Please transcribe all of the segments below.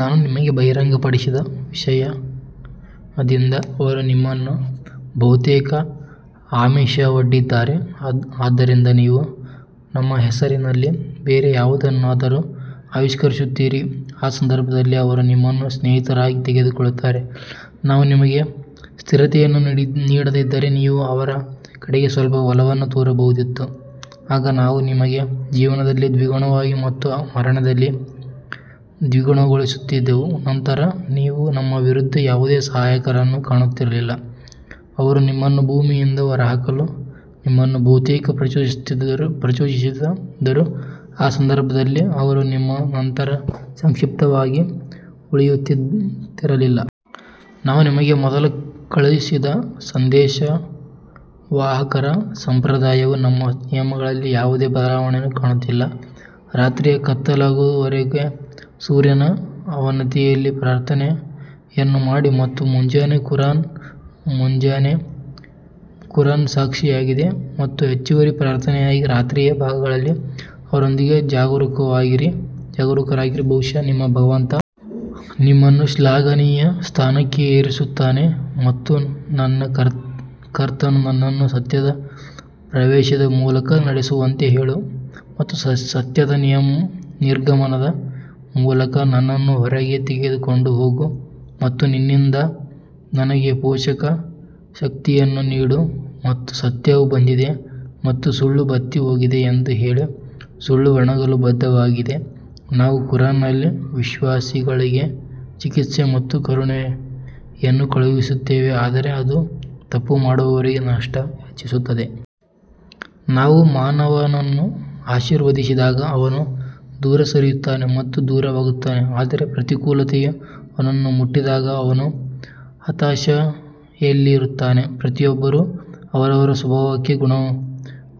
ನಾವು ನಿಮಗೆ ಬಹಿರಂಗಪಡಿಸಿದ ವಿಷಯದಿಂದ ಅವರು ನಿಮ್ಮನ್ನು ಬಹುತೇಕ ಆಮಿಷವೊಡ್ಡಿದ್ದಾರೆ, ಆದ್ದರಿಂದ ನೀವು ನಮ್ಮ ಹೆಸರಿನಲ್ಲಿ ಬೇರೆ ಯಾವುದನ್ನಾದರೂ ಆವಿಷ್ಕರಿಸುತ್ತೀರಿ, ಆ ಸಂದರ್ಭದಲ್ಲಿ ಅವರು ನಿಮ್ಮನ್ನು ಸ್ನೇಹಿತರಾಗಿ ತೆಗೆದುಕೊಳ್ಳುತ್ತಾರೆ. ನಾವು ನಿಮಗೆ ಸ್ಥಿರತೆಯನ್ನು ನೀಡದಿದ್ದರೆ ನೀವು ಅವರ ಕಡೆಗೆ ಸ್ವಲ್ಪ ಒಲವನ್ನು ತೋರಬಹುದಿತ್ತು ಆಗ ನಾವು ನಿಮಗೆ ಜೀವನದಲ್ಲಿ ದ್ವಿಗುಣವಾಗಿ ಮತ್ತು ಮರಣದಲ್ಲಿ ದ್ವಿಗುಣಗೊಳಿಸುತ್ತಿದ್ದೆವು ನಂತರ ನೀವು ನಮ್ಮ ವಿರುದ್ಧ ಯಾವುದೇ ಸಹಾಯಕರನ್ನು ಕಾಣುತ್ತಿರಲಿಲ್ಲ ಅವರು ನಿಮ್ಮನ್ನು ಭೂಮಿಯಿಂದ ಹೊರಹಾಕಲು ನಿಮ್ಮನ್ನು ಬಹುತೇಕ ಪ್ರಚೋದಿಸಿದರು, ಆ ಸಂದರ್ಭದಲ್ಲಿ ಅವರು ನಿಮ್ಮ ನಂತರ ಸಂಕ್ಷಿಪ್ತವಾಗಿ ಉಳಿಯುತ್ತಿರಲಿಲ್ಲ. ನಾವು ನಿಮಗೆ ಮೊದಲು ಕಳುಹಿಸಿದ ಸಂದೇಶವಾಹಕರ ಸಂಪ್ರದಾಯವು ನಮ್ಮ ನಿಯಮಗಳಲ್ಲಿ ಯಾವುದೇ ಬದಲಾವಣೆಯನ್ನು ಕಾಣುವುದಿಲ್ಲ ರಾತ್ರಿಯ ಕತ್ತಲೆಯಾಗುವವರೆಗೆ ಸೂರ್ಯನ ಅವನತಿಯಲ್ಲಿ ಪ್ರಾರ್ಥನೆಯನ್ನು ಮಾಡಿ ಮತ್ತು ಮುಂಜಾನೆ ಕುರಾನ್ ಮುಂಜಾನೆ ಕುರಾನ್ ಸಾಕ್ಷಿಯಾಗಿದೆ ಮತ್ತು ಹೆಚ್ಚುವರಿ ಪ್ರಾರ್ಥನೆಯಾಗಿ ರಾತ್ರಿಯ ಭಾಗಗಳಲ್ಲಿ ಅದರೊಂದಿಗೆ ಜಾಗರೂಕರಾಗಿರಿ ಬಹುಶಃ ನಿಮ್ಮ ಭಗವಂತ ನಿಮ್ಮನ್ನು ಶ್ಲಾಘನೀಯ ಸ್ಥಾನಕ್ಕೆ ಏರಿಸುತ್ತಾನೆ ಮತ್ತು ನನ್ನ ಕರ್ತನು ನನ್ನನ್ನು ಸತ್ಯದ ಪ್ರವೇಶದ ಮೂಲಕ ನಡೆಸುವಂತೆ ಹೇಳು ಮತ್ತು ಸತ್ಯದ ನಿರ್ಗಮನದ ಮೂಲಕ ನನ್ನನ್ನು ಹೊರಗೆ ಕರೆದುಕೊಂಡು ಹೋಗು ಮತ್ತು ನಿನ್ನಿಂದ ನನಗೆ ಪೋಷಕ ಶಕ್ತಿಯನ್ನು ನೀಡು ಮತ್ತು ಸತ್ಯವು ಬಂದಿದೆ ಮತ್ತು ಸುಳ್ಳು ಬತ್ತಿಹೋಗಿದೆ ಎಂದು ಹೇಳಿ, ಸುಳ್ಳು ಒಣಗಲು ಬದ್ಧವಾಗಿದೆ ನಾವು ಕುರಾನ್ನಲ್ಲಿ ವಿಶ್ವಾಸಿಗಳಿಗೆ ಚಿಕಿತ್ಸೆ ಮತ್ತು ಕರುಣೆಯನ್ನು ಕಳುಹಿಸುತ್ತೇವೆ ಆದರೆ ಅದು ತಪ್ಪು ಮಾಡುವವರಿಗೆ ನಷ್ಟವನ್ನು ಹೆಚ್ಚಿಸುತ್ತದೆ. ನಾವು ಮಾನವನನ್ನು ಆಶೀರ್ವದಿಸಿದಾಗ ಅವನು ದೂರ ಸರಿಯುತ್ತಾನೆ ಮತ್ತು ದೂರವಾಗುತ್ತಾನೆ ಆದರೆ ಪ್ರತಿಕೂಲತೆಯು ಅವನನ್ನು ಮುಟ್ಟಿದಾಗ ಅವನು ಹತಾಶೆಯಲ್ಲಿರುತ್ತಾನೆ ಪ್ರತಿಯೊಬ್ಬರೂ ಅವರವರ ಸ್ವಭಾವಕ್ಕೆ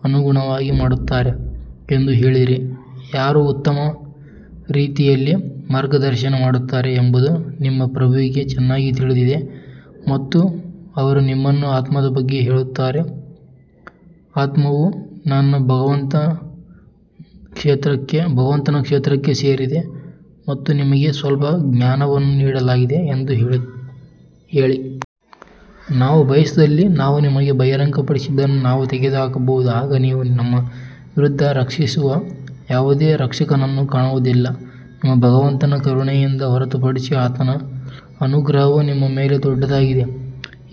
ಅನುಗುಣವಾಗಿ ಮಾಡುತ್ತಾರೆ ಎಂದು ಹೇಳಿರಿ, ಯಾರು ಉತ್ತಮ ರೀತಿಯಲ್ಲಿ ಮಾರ್ಗದರ್ಶನ ಮಾಡುತ್ತಾರೆ ಎಂಬುದು ನಿಮ್ಮ ಪ್ರಭುವಿಗೆ ಚೆನ್ನಾಗಿ ತಿಳಿದಿದೆ ಮತ್ತು ಅವರು ನಿಮ್ಮನ್ನು ಆತ್ಮದ ಬಗ್ಗೆ ಕೇಳುತ್ತಾರೆ, ಆತ್ಮವು ನನ್ನ ಭಗವಂತನ ಕ್ಷೇತ್ರಕ್ಕೆ ಸೇರಿದೆ ಮತ್ತು ನಿಮಗೆ ಸ್ವಲ್ಪ ಜ್ಞಾನವನ್ನು ನೀಡಲಾಗಿದೆ ಎಂದು ಹೇಳಿ. ನಾವು ಬಯಸಿದಲ್ಲಿ ನಾವು ನಿಮಗೆ ಬಹಿರಂಗಪಡಿಸಿದ್ದನ್ನು ನಾವು ತೆಗೆದುಹಾಕಬಹುದು, ಆಗ ನೀವು ನಮ್ಮ ವಿರುದ್ಧ ರಕ್ಷಿಸುವ ಯಾವುದೇ ರಕ್ಷಕನನ್ನು ಕಾಣುವುದಿಲ್ಲ ನಿಮ್ಮ ಭಗವಂತನ ಕರುಣೆಯಿಂದ ಹೊರತುಪಡಿಸಿ ಆತನ ಅನುಗ್ರಹವು ನಿಮ್ಮ ಮೇಲೆ ದೊಡ್ಡದಾಗಿದೆ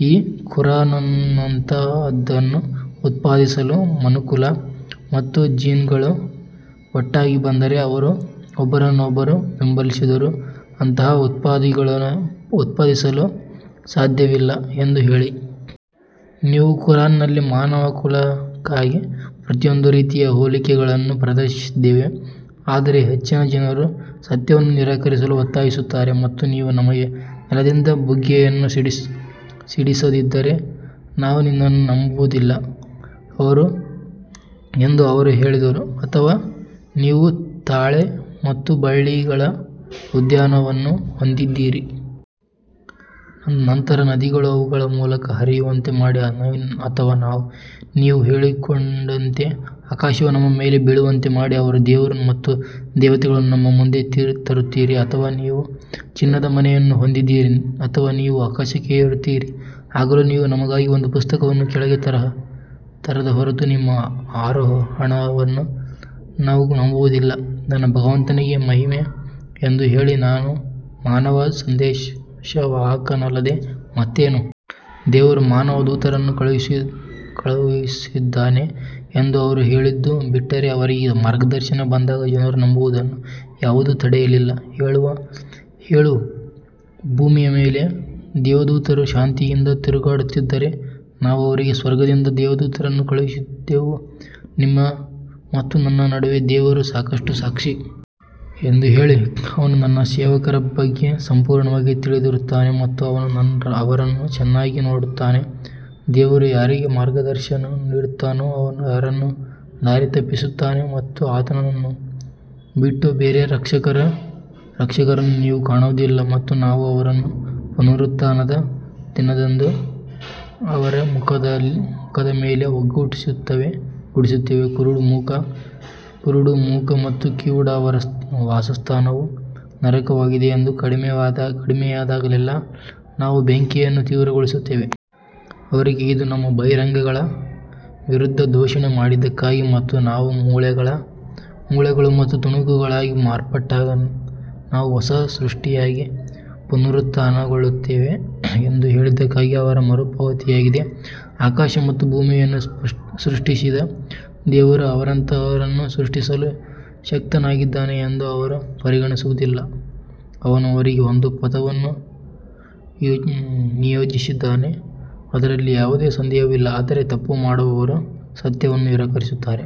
ಈ ಖುರಾನ್ನಂತಹದನ್ನು ಉತ್ಪಾದಿಸಲು ಮನುಕುಲ ಮತ್ತು ಜಿನ್ಗಳು ಒಟ್ಟಾಗಿ ಬಂದರೆ ಅವರು ಒಬ್ಬರನ್ನೊಬ್ಬರು ಬೆಂಬಲಿಸಿದರೂ ಅಂತಹದನ್ನು ಉತ್ಪಾದಿಸಲು ಸಾಧ್ಯವಿಲ್ಲ ಎಂದು ಹೇಳಿ. ನಾವು ಈ ಕುರಾನ್ನಲ್ಲಿ ಮಾನವಕುಲಕ್ಕಾಗಿ ಪ್ರತಿಯೊಂದು ರೀತಿಯ ಹೋಲಿಕೆಗಳನ್ನು ಪ್ರದರ್ಶಿಸಿದ್ದೇವೆ ಆದರೆ ಹೆಚ್ಚಿನ ಜನರು ಸತ್ಯವನ್ನು ನಿರಾಕರಿಸಲು ಒತ್ತಾಯಿಸುತ್ತಾರೆ ಮತ್ತು ನೀವು ನಮಗೆ ನೆಲದಿಂದ ಬುಗ್ಗೆಯನ್ನು ಸಿಡಿಸದಿದ್ದರೆ ನಾವು ನಿನ್ನನ್ನು ನಂಬುವುದಿಲ್ಲ ಎಂದು ಅವರು ಹೇಳಿದರು ಅಥವಾ ನೀವು ತಾಳೆ ಮತ್ತು ಬಳ್ಳಿಗಳ ಉದ್ಯಾನವನ್ನು ಹೊಂದಿದ್ದೀರಿ ನಂತರ ನದಿಗಳು ಅವುಗಳ ಮೂಲಕ ಹರಿಯುವಂತೆ ಮಾಡಿ ಅಥವಾ ನೀವು ಹೇಳಿಕೊಂಡಂತೆ ಆಕಾಶವು ನಮ್ಮ ಮೇಲೆ ಬೀಳುವಂತೆ ಮಾಡಿ ಅಥವಾ ದೇವರು ಮತ್ತು ದೇವತೆಗಳನ್ನು ನಮ್ಮ ಮುಂದೆ ತರುತ್ತೀರಿ ಅಥವಾ ನೀವು ಚಿನ್ನದ ಮನೆಯನ್ನು ಹೊಂದಿದ್ದೀರಿ ಅಥವಾ ನೀವು ಆಕಾಶಕ್ಕೆ ಏರುತ್ತೀರಿ ಆಗಲೂ ನೀವು ನಮಗಾಗಿ ಒಂದು ಪುಸ್ತಕವನ್ನು ಕೆಳಗೆ ತರದ ಹೊರತು ನಿಮ್ಮ ಆರೋಹಣವನ್ನು ನಾವು ನಂಬುವುದಿಲ್ಲ, ನನ್ನ ಭಗವಂತನಿಗೆ ಮಹಿಮೆ ಎಂದು ಹೇಳಿ ನಾನು ಮಾನವ ಸಂದೇಶವಾಹಕನಲ್ಲದೆ ಮತ್ತೇನು? ದೇವರು ಮಾನವ ದೂತರನ್ನು ಕಳುಹಿಸಿದ್ದಾನೆಯೇ ಎಂದು ಅವರು ಹೇಳಿದ್ದು ಬಿಟ್ಟರೆ, ಅವರಿಗೆ ಮಾರ್ಗದರ್ಶನ ಬಂದಾಗ ಜನರು ನಂಬುವುದನ್ನು ಯಾವುದೂ ತಡೆಯಲಿಲ್ಲ. ಹೇಳು ಭೂಮಿಯ ಮೇಲೆ ದೇವದೂತರು ಶಾಂತಿಯಿಂದ ತಿರುಗಾಡುತ್ತಿದ್ದರೆ ನಾವು ಅವರಿಗೆ ಸ್ವರ್ಗದಿಂದ ದೇವದೂತರನ್ನು ಕಳುಹಿಸುತ್ತಿದ್ದೆವು. ನಿಮ್ಮ ಮತ್ತು ನನ್ನ ನಡುವೆ ದೇವರು ಸಾಕಷ್ಟು ಸಾಕ್ಷಿ ಎಂದು ಹೇಳಿ, ಅವನು ತನ್ನ ಸೇವಕರ ಬಗ್ಗೆ ಸಂಪೂರ್ಣವಾಗಿ ತಿಳಿದಿರುತ್ತಾನೆ ಮತ್ತು ಅವನು ಅವರನ್ನು ಚೆನ್ನಾಗಿ ನೋಡುತ್ತಾನೆ ದೇವರು ಯಾರಿಗೆ ಮಾರ್ಗದರ್ಶನ ನೀಡುತ್ತಾನೋ ಅವನು ಯಾರನ್ನು ದಾರಿತಪ್ಪಿಸುತ್ತಾನೆ ಮತ್ತು ಆತನನ್ನು ಬಿಟ್ಟು ಬೇರೆ ರಕ್ಷಕರನ್ನು ನೀವು ಕಾಣುವುದಿಲ್ಲ ಮತ್ತು ನಾವು ಅವರನ್ನು ಪುನರುತ್ಥಾನದ ದಿನದಂದು ಅವರ ಮುಖದ ಮೇಲೆ ಒಟ್ಟುಗೂಡಿಸುತ್ತೇವೆ ಕುರುಡು ಮೂಕ ಮತ್ತು ಕಿವುಡ ಅವರ ವಾಸಸ್ಥಾನವು ನರಕವಾಗಿದೆ ಅದು ಕಡಿಮೆಯಾದಾಗಲೆಲ್ಲಾ ನಾವು ಬೆಂಕಿಯನ್ನು ತೀವ್ರಗೊಳಿಸುತ್ತೇವೆ. ಅವರಿಗೆ ಇದು ನಮ್ಮ ಬಹಿರಂಗಗಳ ವಿರುದ್ಧ ದೂಷಣೆ ಮಾಡಿದ್ದಕ್ಕಾಗಿ ಮತ್ತು ನಾವು ಮೂಳೆಗಳು ಮತ್ತು ತುಣುಕುಗಳಾಗಿ ಮಾರ್ಪಟ್ಟಾಗ ನಾವು ಹೊಸ ಸೃಷ್ಟಿಯಾಗಿ ಪುನರುತ್ಥಾನಗೊಳ್ಳುತ್ತೇವೆ ಎಂದು ಹೇಳಿದ್ದಕ್ಕಾಗಿ ಅವರ ಮರುಪಾವತಿಯಾಗಿದೆ. ಆಕಾಶ ಮತ್ತು ಭೂಮಿಯನ್ನು ಸೃಷ್ಟಿಸಿದ ದೇವರು ಅವರಂತಹವರನ್ನು ಸೃಷ್ಟಿಸಲು ಶಕ್ತನಾಗಿದ್ದಾನೆ ಎಂದು ಅವರು ಪರಿಗಣಿಸುವುದಿಲ್ಲ, ಅವನು ಅವರಿಗೆ ಒಂದು ಪದವನ್ನು ನಿಯೋಜಿಸಿದ್ದಾನೆ ಅದರಲ್ಲಿ ಯಾವುದೇ ಸಂದೇಹವಿಲ್ಲ ಆದರೆ ತಪ್ಪು ಮಾಡುವವರು ಸತ್ಯವನ್ನು ನಿರಾಕರಿಸುತ್ತಾರೆ.